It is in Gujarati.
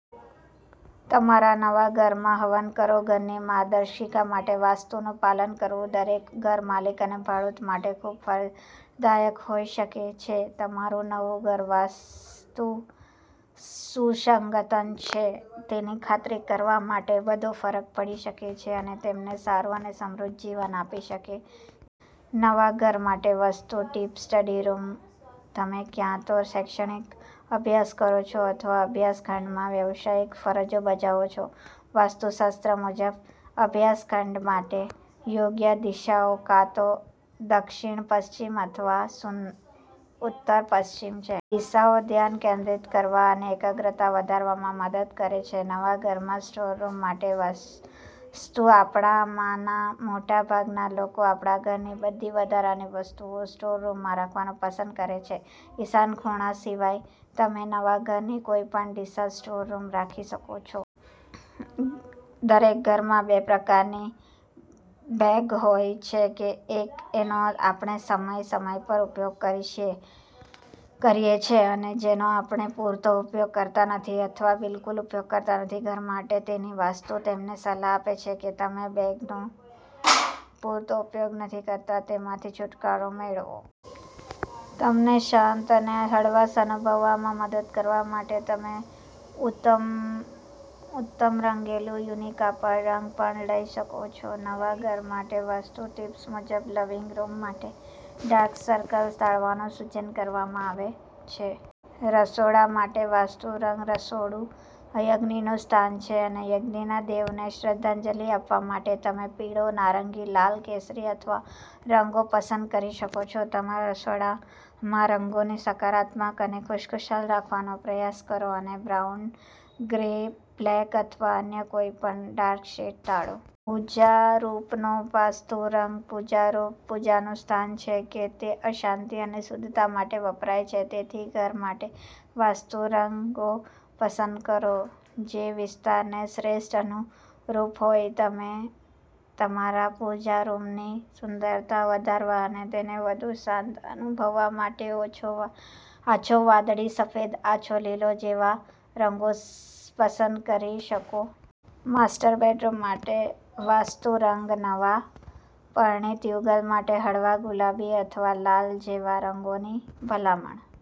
તમારા નવા ઘરમાં હવન કરો ઘરની માર્ગદર્શિકા માટે વાસ્તુનું પાલન કરવું દરેક ઘરમાલિક અને ભાડૂત માટે ખૂબ ફાયદાકારક હોઈ શકે છે. તમારું નવું ઘર વાસ્તુ સુસંગત છે તેની ખાતરી કરવાથી બધોફરક પડી શકે છે અને તમને સારું અને સમૃદ્ધ જીવન આપી શકે છે! નવા ઘર માટે વાસ્તુ ટિપ્સસ્ટડી રૂમ તમે ક્યાં તો શૈક્ષણિક અભ્યાસ કરો છો અથવા અભ્યાસ ખંડમાં વ્યાવસાયિક ફરજો બજાવો છો. વાસ્તુશાસ્ત્ર મુજબ, અભ્યાસ ખંડ માટે યોગ્ય દિશાઓ કાં તો દક્ષિણ પશ્ચિમ અથવા ઉત્તર પશ્ચિમ છે. દિશાઓ ધ્યાન કેન્દ્રિત કરવામાં અને એકાગ્રતા વધારવામાં મદદ કરે છે. નવા ઘરમાં સ્ટોર રૂમ માટે વાસ્તુ આપણામાંના મોટા ભાગના લોકો આપણા ઘરની બધી વધારાની વસ્તુઓ સ્ટોર રૂમમાં રાખવાનું પસંદ કરે છે. ઈશાન ખૂણા સિવાય તમે નવા ઘરની કોઈપણ દિશામાં સ્ટોર રૂમ રાખી શકો છો. દરેક ઘરમાં બે પ્રકારની બેગ હોય છેએક કે જેનો આપણે સમય સમય પર ઉપયોગ કરીએ છીએ અને જેનો આપણે પૂરતો ઉપયોગ કરતા નથી અથવા બિલકુલ ઉપયોગ કરતા નથી. ઘર માટેની વાસ્તુ તમને સલાહ આપે છે કે તમે જે બેગનો પૂરતો ઉપયોગ નથી કરતા તેમાંથી છૂટકારો મેળવો. તમને શાંત અને હળવાશ અનુભવવામાં મદદ કરવા માટે તમે ઉત્તમરંગેલું ઊની કાપડ રંગ પણ લઈ શકો છો. નવા ઘર માટે વાસ્તુ ટિપ્સ મુજબ, લિવિંગ રૂમ માટે ડાર્ક સર્કલ ટાળવાનું સૂચન કરવામાં આવે છે. રસોડા માટે વાસ્તુ રંગરસોડું અગ્નિનું સ્થાન છે, અને અગ્નિના દેવને શ્રદ્ધાંજલિ આપવા માટે તમે પીળો, નારંગી, લાલ કે કેસરી જેવા રંગો પસંદ કરી શકો છો. તમારા રસોડામાં રંગોને સકારાત્મક અને ખુશખુશાલ રાખવાનો પ્રયાસ કરો અને બ્રાઉન, ગ્રે, બ્લેક અથવા અન્ય કોઈપણ ડાર્ક શેડ્સ ટાળો. પૂજા રૂમનો વાસ્તુ રંગ:પૂજા રૂમ પૂજાનું સ્થળ છે અને તે શાંતિ અને શુદ્ધતા માટે વપરાય છે, તેથી ઘર માટે વાસ્તુ રંગો પસંદ કરો જેવિસ્તારને શ્રેષ્ઠ અનુરૂપ હોય. તમે તમારા પૂજા રૂમની સુંદરતા વધારવા અને તેને વધુ શાંત અનુભવવા માટે આછો વાદળી, સફેદ, આછો લીલો જેવા રંગો પસંદ કરી શકો છો. માસ્ટર બેડરૂમ માટે વાસ્તુ રંગનવા પરિણીત યુગલ માટે હળવા ગુલાબી અથવા લાલ જેવા રંગોની ભલામણ